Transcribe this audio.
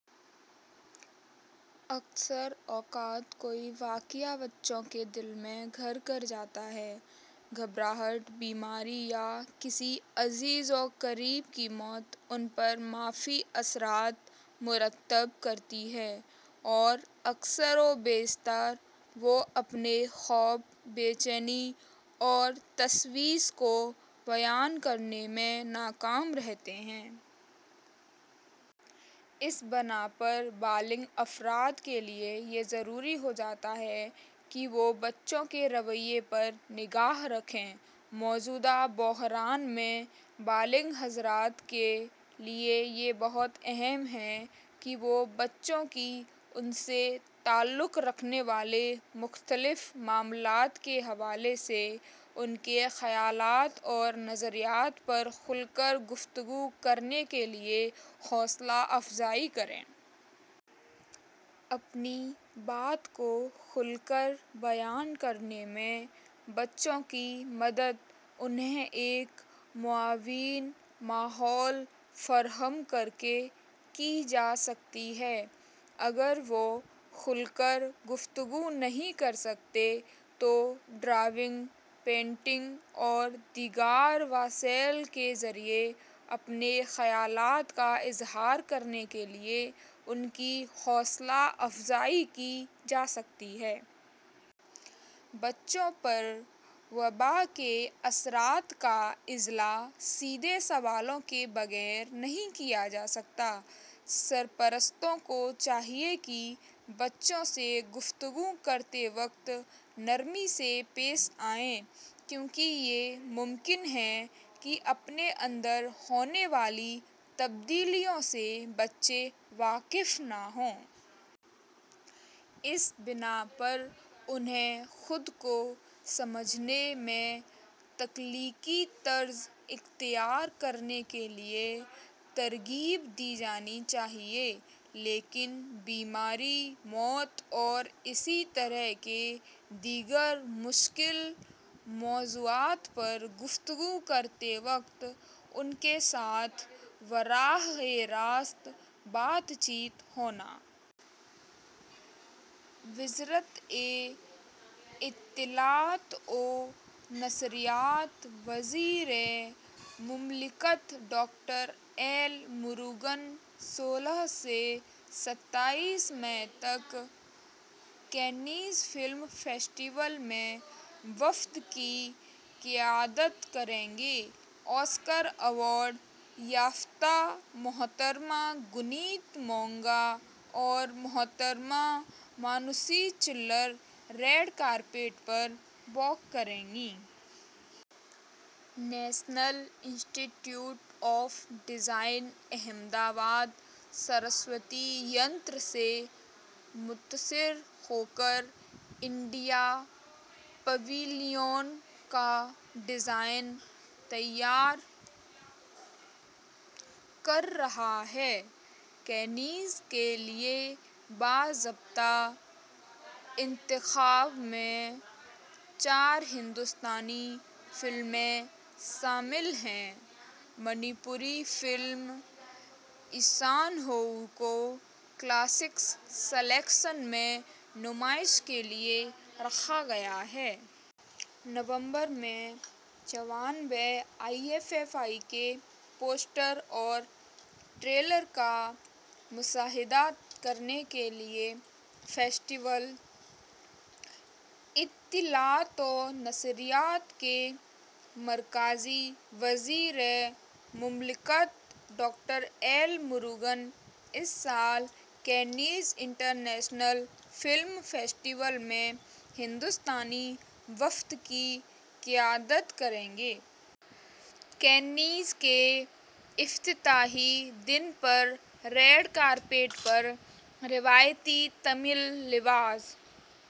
اکثر اوقات کوئی واقعہ بچوں کے دل میں گھر کر جاتا ہے۔ گھبراہٹ، بیماری یا کسی عزیز و قریب کی موت ان پر منفی اثرات مرتب کرتی ہے اور اکثر و بیشتر وہ اپنے خوف، بے چینی اور تشویش کو بیان کرنے میں ناکام رہتے ہیں۔ اس بنا پر بالغ افراد کے لیے یہ ضروری ہو جاتا ہے کہ وہ بچوں کے رویے پر نگاہ رکھیں۔ موجودہ بحران میں بالغ حضرات کے لیے یہ بہت اہم ہے کہ وہ بچوں کی، ان سے تعلق رکھنے والے مختلف معاملات کے حوالے سے، ان کے خیالات اور نظریات پر کھل کر گفتگو کرنے کے لیے حوصلہ افزائی کریں۔ اپنی بات کو کھل کر بیان کرنے میں بچوں کی مدد انہیں ایک معاون ماحول فراہم کرکے کی جا سکتی ہے۔ اگر وہ کھل کر گفتگو نہیں کر سکتے تو ڈرائنگ، پینٹنگ اور دیگر وسائل کے ذریعے اپنے خیالات کا اظہار کرنے کے لیے ان کی حوصلہ افزائی کی جا سکتی ہے۔ بچوں پر وبا کے اثرات کا ازالہ سیدھے سوالوں کے بغیر نہیں کیا جا سکتا۔ سرپرستوں کو چاہیے کہ بچوں سے گفتگو کرتے وقت نرمی سے پیش آئیں، کیونکہ یہ ممکن ہے کہ اپنے اندر ہونے والی تبدیلیوں سے بچے واقف نہ ہوں۔ اس بنا پر انہیں خود کو سمجھنے میں تخلیقی طرز اختیار کرنے کے لیے ترغیب دی جانی چاہیے، لیکن بیماری، موت اور اسی طرح کے دیگر مشکل موضوعات پر گفتگو کرتے وقت ان کے ساتھ براہ راست بات چیت ہونا... وزارت اطلاعات و نشریات۔ وزیر مملکت ڈاکٹر ایل مروگن سولہ سے ستائیس مئی تک کانز فلم فیسٹیول میں وفد کی قیادت کریں گے۔ آسکر ایوارڈ یافتہ محترمہ گنیت مونگا اور محترمہ مانوشی چلر ریڈ کارپٹ پر واک کریں گی۔ National institute of design, Ahmedabad, Saraswati ینتر سے متاثر ہوکر انڈیا پویلین کا ڈیزائن تیار کر رہا ہے۔ کانز کے لیے باضابطہ انتخاب میں چار ہندوستانی فلمیں شامل ہیں۔ منی پوری فلم ’ایشانہو‘ کو ’کلاسکس‘ سیکشن میں نمائش کے لیے رکھا گیا ہے۔ نومبر میں چون ویں اِفّی کے پوسٹر اور ٹریلر کا مشاہدہ کرنے کے لیے فیسٹیول۔ اطلاعات و نشریات کے مرکزی وزیر مملکت ڈاکٹر ایل مروگن اس سال کانز انٹرنیشنل فلم فیسٹیول میں ہندوستانی وفد کی قیادت کریں گے۔ کانز کے افتتاحی دن پر ریڈ کارپٹ پر روایتی تمل لباس..